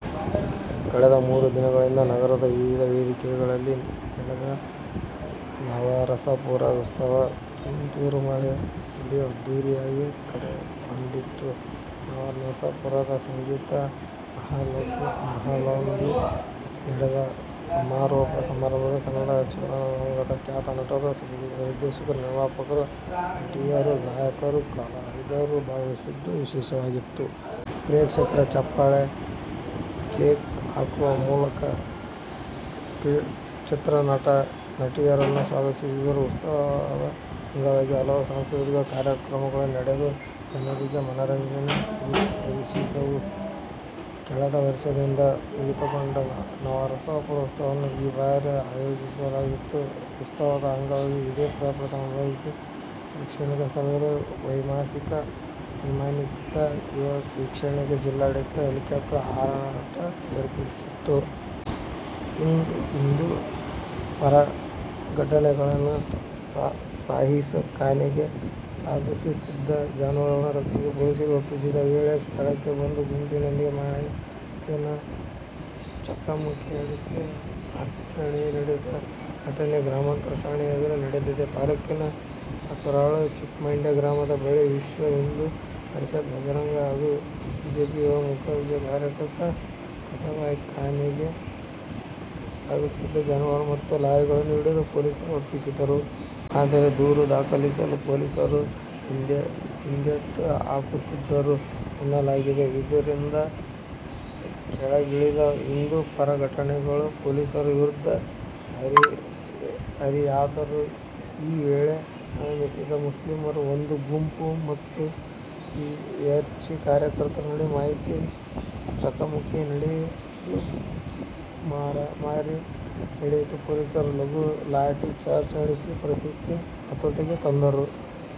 ಕಳೆದ ಮೂರು ದಿನಗಳಿಂದ ನಗರದ ವಿವಿಧ ವೇದಿಕೆಗಳಲ್ಲಿ ನಡೆದ ನವರಸಪುರ ಉತ್ಸವ ತುಂತುರು ಮಳೆ ನಡುವೆಯೂ ಅದ್ಧೂರಿ ಯಾಗಿ ತೆರೆಕಂಡಿತು. ನವರಸಪುರದ ಸಂಗೀತ್ ಮಹಲ್ನಲ್ಲಿ ನಡೆದ ಸಮಾರೋಪ ಸಮಾರಂಭದಲ್ಲಿ ಕನ್ನಡ ಚಲನಚಿತ್ರ ರಂಗದ ಖ್ಯಾತ ನಟರು, ಸಂಗೀತ ನಿರ್ದೇಶಕರು, ನಿರ್ಮಾಪಕರು, ನಟಿಯರು, ಗಾಯಕರು, ಕಲಾವಿ ದರು ಭಾಗವಹಿಸಿದ್ದು ವಿಶೇಷವಾಗಿತ್ತು. ಪ್ರೇಕ್ಷಕರು ಚಪ್ಪಾಳೆ, ಕೇಕೆ ಹಾಕುವ ಮೂಲಕ ಚಿತ್ರನಟ ನಟಿಯರನ್ನು ಸ್ವಾಗತಿಸಿದರು. ಉತ್ಸವದ ಅಂಗವಾಗಿ ಹಲವು ಸಾಂಸ್ಕೃತಿಕ ಕಾರ್ಯಕ್ರಮಗಳು ನಡೆದು, ಜನರಿಗೆ ಮನರಂಜನೆ ಒದಗಿಸಿದವು. ಕಳೆದ ವರ್ಷದಿಂದ ಸ್ಥಗಿತಗೊಂಡಿದ್ದ ನವರಸಪುರ ಉತ್ಸವವನ್ನು ಈ ಬಾರಿ ಆಯೋಜಿಸಲಾಗಿತ್ತು. ಉತ್ಸವದ ಅಂಗವಾಗಿ ಇದೇ ಪ್ರಥಮ ಬಾರಿಗೆ ನಗರದ ಪ್ರೇಕ್ಷಣೀಯ ಸ್ಥಳಗಳ ವೈಮಾನಿಕ ವೀಕ್ಷಣೆಗೆ ಜಿಲ್ಲಾಡಳಿತ ಹೆಲಿಕಾಪ್ಟರ್ ಹಾರಾಟ ಏರ್ಪಡಿಸಿತ್ತು. ಹಿಂದು ಪರ ಸಂಘಟನೆಗಳು ಕಸಾಯಿಖಾನೆಗೆ ಸಾಗಿಸುತ್ತಿದ್ದ ಜಾನುವಾರುಗಳನ್ನು ರಕ್ಷಿಸಿ ಪೊಲೀಸರಿಗೆ ಒಪ್ಪಿಸಿದ ವೇಳೆ ಸ್ಥಳಕ್ಕೆ ಬಂದ ಗುಂಪಿನೊಂದಿಗೆ ಮಾತಿನ ಚಕಮಕಿ ನಡೆಸಿ ಘರ್ಷಣೆ ನಡೆದ ಘಟನೆ ಗ್ರಾಮಾಂತರ ಠಾಣೆ ಎದುರೇ ನಡೆದಿದೆ. ತಾಲೂಕಿನ ಬಸರಾಳು, ಚಿಕ್ಕಮಂಡ್ಯ ಗ್ರಾಮದ ಬಳಿ ವಿಶ್ವಹಿಂದು ಪರಿಷತ್, ಭಜರಂಗಳ ಹಾಗೂ ಬಿಜೆಪಿ ಯುವ ಮೋರ್ಚಾ ಕಾರ್ಯಕರ್ತರು ಕಸಾಯಿಖಾನೆಗೆ ಸಾಗಿಸುತ್ತಿದ್ದ ಜಾನುವಾರುಗಳು ಮತ್ತು ಲಾರಿಗಳನ್ನು ಹಿಡಿದು ಪೊಲೀಸರಿಗೆ ಒಪ್ಪಿಸಿದರು. ಆದರೆ ದೂರು ದಾಖಲಿಸಲು ಪೊಲೀಸರು ಹಿಂದೇಟು ಹಾಕುತ್ತಿದ್ದರು ಎನ್ನಲಾಗಿದೆ. ಇದರಿಂದ ಕೆರಳಿದ ಹಿಂದು ಪರ ಸಂಘಟನೆಗಳು ಪೊಲೀಸರ ವಿರುದ್ಧ ಹರಿಹಾಯ್ದರು. ಈ ವೇಳೆ ಆಗಮಿಸಿದ ಮುಸ್ಲಿಮರ ಒಂದು ಗುಂಪು ಮತ್ತು ವಿಎಚ್ಪಿ ಕಾರ್ಯಕರ್ತರ ನಡುವೆ ಮಾತಿನ ಚಕಮಕಿ ನಡೆದು, ಮಾರಾಮಾರಿ ನಡೆಯಿತು. ಪೊಲೀಸರು ಲಘು ಲಾಠಿ ಚಾರ್ಜ್ ನಡೆಸಿ ಪರಿಸ್ಥಿತಿ ಹತೋಟಿಗೆ ತಂದರು.